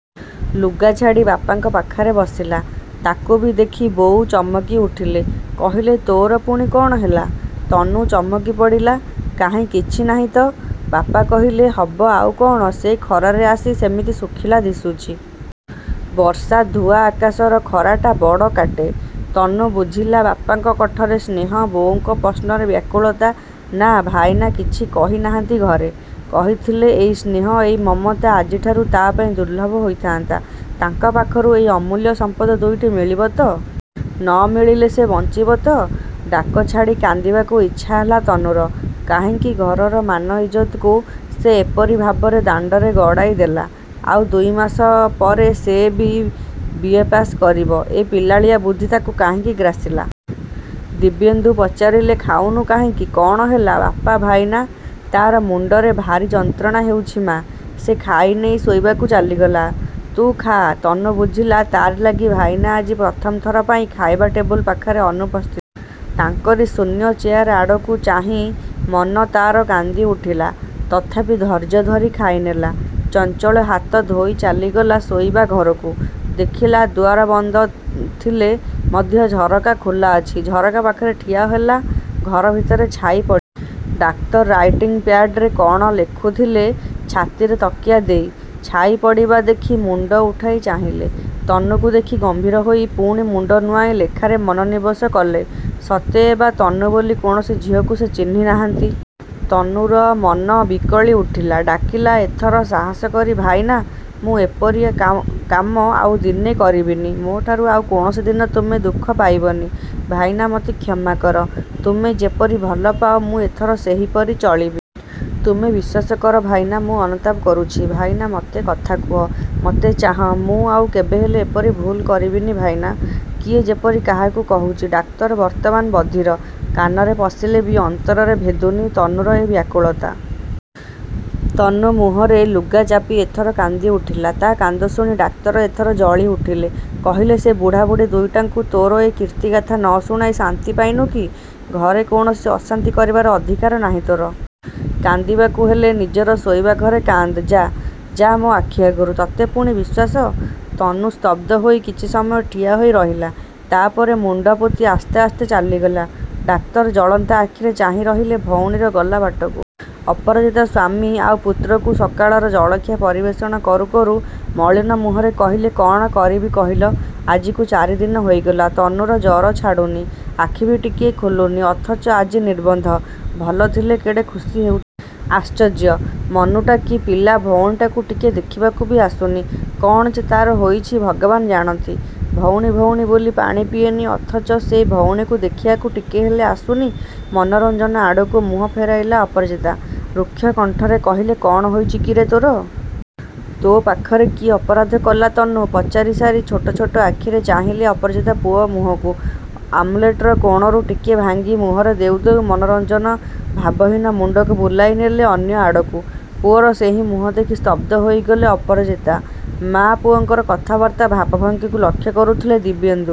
ଲୁଗା ଛାଡ଼ି ବାପାଙ୍କ ପାଖରେ ବସିଲା। ତାକୁ ବି ଦେଖି ବୋଉ ଚମକି ଉଠିଲେ। କହିଲେ ତୋର ପୁଣି କ'ଣ ହେଲା? ତନୁ ଚମକି ପଡ଼ିଲା କାହିଁ କିଛି ନାହିଁ ତ। ବାପା କହିଲେ ହେବ ଆଉ କ'ଣ? ସେ ଖରାରେ ଆସି ସେମିତି ଶୁଖିଲା ଦିଶୁଛି। ବର୍ଷା ଧୁଆ ଆକାଶର ଖରାଟା ବଡ଼ କାଟେ। ତନୁ ବୁଝିଲା ବାପାଙ୍କ କଣ୍ଠରେ ସ୍ନେହ, ବୋଉଙ୍କ ପ୍ରଶ୍ନରେ ବ୍ୟାକୁଳତା। ନା, ଭାଇନା କିଛି କହି ନାହାନ୍ତି ଘରେ। କହିଥିଲେ ଏଇ ସ୍ନେହ, ଏଇ ମମତା ଆଜିଠାରୁ ତା' ପାଇଁ ଦୁର୍ଲଭ ହୋଇଥାନ୍ତା। ତାଙ୍କ ପାଖରୁ ଏଇ ଅମୂଲ୍ୟ ସମ୍ପଦ ଦୁଇଟି ମିଳିବ ତ? ନ ମିଳିଲେ ସେ ବଞ୍ଚିବ ତ! ଡାକ ଛାଡ଼ି କାନ୍ଦିବାକୁ ଇଚ୍ଛା ହେଲା ତନୁର। କାହିଁକି ଘରର ମାନ ଇଜ୍ଜତକୁ ସେ ଏପରି ଭାବରେ ଦାଣ୍ଡରେ ଗଡ଼ାଇ ଦେଲା! ଆଉ ଦୁଇ ମାସ ପରେ ସେ ବି. ଏ ପାଶ୍ କରିବ। ଏ ପିଲାଳିଆ ବୁଦ୍ଧି ତାକୁ କାହିଁକି ଗ୍ରାସିଲା। ଦିବ୍ୟେନ୍ଦୁ ପଚାରିଲେ ଖାଉନୁ କାହିଁକି, କ'ଣ ହେଲା? ବାପା, ଭାଇନା? ତା'ର ମୁଣ୍ଡରେ ଭାରି ଯନ୍ତ୍ରଣା ହେଉଛି ମା'। ସେ ଖାଇନେଇ ଶୋଇବାକୁ ଚାଲିଗଲା। ତୁ ଖାଆ। ତନୁ ବୁଝିଲା, ତାରି ଲାଗି ଭାଇନା ଆଜି ପ୍ରଥମ ଥର ପାଇଁ ଖାଇବା ଟେବୁଲ ପାଖରେ ଅନୁପସ୍ଥିତ। ତାଙ୍କରି ଶୂନ୍ୟ ଚେୟାର ଆଡ଼କୁ ଚାହିଁ ମନ ତା'ର କାନ୍ଦି ଉଠିଲା। ତଥାପି ଧୈର୍ଯ୍ୟ ଧରି ଖାଇନେଲା। ଚଞ୍ଚଳ ହାତ ଧୋଇ ଚାଲିଗଲା ଶୋଇବା ଘରକୁ। ଦେଖିଲା ଦୁଆର ବନ୍ଦ ଥିଲେ ମଧ୍ୟ ଝରକା ଖୋଲା ଅଛି। ଝରକା ପାଖରେ ଠିଆ ହେଲା। ଘର ଭିତରେ ଛାଇ ପଡ଼ିଲା। ଡାକ୍ତର ରାଇଟିଂ ପ୍ୟାଡ୍ ରେ କ'ଣ ଲେଖୁଥିଲେ ଛାତିରେ ତକିଆ ଦେଇ। ଛାଇ ପଡ଼ିବା ଦେଖି ମୁଣ୍ଡ ଉଠାଇ ଚାହିଁଲେ। ତନୁକୁ ଦେଖି ଗମ୍ଭୀର ହୋଇ ପୁଣି ମୁଣ୍ଡ ନୁଆଁଇ ଲେଖାରେ ମନୋନିବେଶ କଲେ। ସତେଅବା ତନୁ ବୋଲି କୌଣସି ଝିଅକୁ ସେ ଚିହ୍ନି ନାହାନ୍ତି। ତନୁର ମନ ବିକଳି ଉଠିଲା। ଡାକିଲା ଏଥର ସାହସ କରି ଭାଇନା, ମୁଁ ଏପରି କାମ ଆଉ ଦିନେ କରିବିନି। ମୋଠାରୁ ଆଉ କୌଣସି ଦିନ ତୁମେ ଦୁଃଖ ପାଇବନି। ଭାଇନା ମୋତେ କ୍ଷମା କର। ତୁମେ ଯେପରି ଭଲ ପାଅ, ମୁଁ ଏଥର ସେହିପରି ଚଳିବି। ତୁମେ ବିଶ୍ୱାସ କର ଭାଇନା, ମୁଁ ଅନୁତାପ କରୁଛି। ଭାଇନା ମୋତେ କଥା କୁହ, ମତେ ଚାହଁ, ମୁଁ ଆଉ କେବେହେଲେ ଏପରି ଭୁଲ୍ କରିବିନି ଭାଇନା। କିଏ ଯେପରି କାହାକୁ କହୁଛି। ଡାକ୍ତର ବର୍ତ୍ତମାନ ବଧିର। କାନରେ ପଶିଲେ ବି ଅନ୍ତରରେ ଭେଦୁନି ତନୁର ଏ ବ୍ୟାକୁଳତା। ତନୁ ମୁହଁରେ ଲୁଗା ଚାପି ଏଥର କାନ୍ଦି ଉଠିଲା। ତା' କାନ୍ଦ ଶୁଣି ଡାକ୍ତର ଏଥର ଜଳି ଉଠିଲେ। କହିଲେ ସେ ବୁଢ଼ା ବୁଢ଼ୀ ଦୁଇଟାଙ୍କୁ ତୋର ଏ କୀର୍ତ୍ତିଗାଥା ନ ଶୁଣାଇ ଶାନ୍ତି ପାଇନୁ କି। ଘରେ କୌଣସି ଅଶାନ୍ତି କରିବାର ଅଧିକାର ନାହିଁ ତୋର। କାନ୍ଦିବାକୁ ହେଲେ ନିଜର ଶୋଇବା ଘରେ କାନ୍ଦ୍ ଯା। ଯା ମୋ ଆଖି ଆଗରୁ। ତତେ ପୁଣି ବିଶ୍ୱାସ! ତନୁ ସ୍ତବ୍ଧ ହୋଇ କିଛି ସମୟ ଠିଆ ହୋଇ ରହିଲା। ତା' ପରେ ମୁଣ୍ଡ ପୋତି ଆସ୍ତେ ଆସ୍ତେ ଚାଲିଗଲା। ଡାକ୍ତର ଜଳନ୍ତା ଆଖିରେ ଚାହିଁ ରହିଲେ ଭଉଣୀର ଗଲା ବାଟକୁ। ଅପରାଜିତା ସ୍ୱାମୀ ଆଉ ପୁତ୍ରକୁ ସକାଳର ଜଳଖିଆ ପରିବେଷଣ କରୁ କରୁ ମଳିନ ମୁହଁରେ କହିଲେ କ'ଣ କରିବି କହିଲ, ଆଜିକୁ ଚାରି ଦିନ ହୋଇଗଲା। ତନୁର ଜ୍ୱର ଛାଡ଼ୁନି। ଆଖି ବି ଟିକିଏ ଖୋଲୁନି। ଅଥଚ ଆଜି ନିର୍ବନ୍ଧ। ଭଲ ଥିଲେ କେଡ଼େ ଖୁସି ହେଉଥାନ୍ତା। ଆଶ୍ଚର୍ଯ୍ୟ, ମନୁଟା କି ପିଲା ଭଉଣୀଟାକୁ ଟିକିଏ ଦେଖିବାକୁ ବି ଆସୁନି। କ'ଣ ଯେ ତା'ର ହୋଇଛି ଭଗବାନ ଜାଣନ୍ତି। ଭଉଣୀ ଭଉଣୀ ବୋଲି ପାଣି ପିଏନି, ଅଥଚ ସେଇ ଭଉଣୀକୁ ଦେଖିବାକୁ ହେଲେ ଟିକିଏ ଆସୁନି। ମନୋରଞ୍ଜନ ଆଡ଼କୁ ମୁହଁ ଫେରାଇଲେ ଅପରାଜିତା। ରୁକ୍ଷ କଣ୍ଠରେ କହିଲେ କ'ଣ ହୋଇଛି କିରେ ତୋର। ତୋ ପାଖରେ କି ଅପରାଧ କଲା ତନୁ? ପଚାରି ସାରି ଛୋଟ ଛୋଟ ଆଖିରେ ଚାହିଁଲେ ଅପରାଜିତା ପୁଅ ମୁହଁକୁ। ଆମ୍ଲେଟର କୋଣରୁ ଟିକିଏ ଭାଙ୍ଗି ମୁହଁରେ ଦେଉ ଦେଉ ମନୋରଞ୍ଜନ ଭାବହୀନ ମୁଣ୍ଡକୁ ବୁଲାଇ ନେଲେ ଅନ୍ୟ ଆଡ଼କୁ। ପୁଅର ସେହି ମୁହଁ ଦେଖି ସ୍ତବ୍ଧ ହୋଇଗଲେ ଅପରାଜିତା। ମା' ପୁଅଙ୍କର କଥାବାର୍ତ୍ତା ଭାବଭଙ୍ଗୀକୁ ଲକ୍ଷ୍ୟ କରୁଥିଲେ ଦିବ୍ୟେନ୍ଦୁ।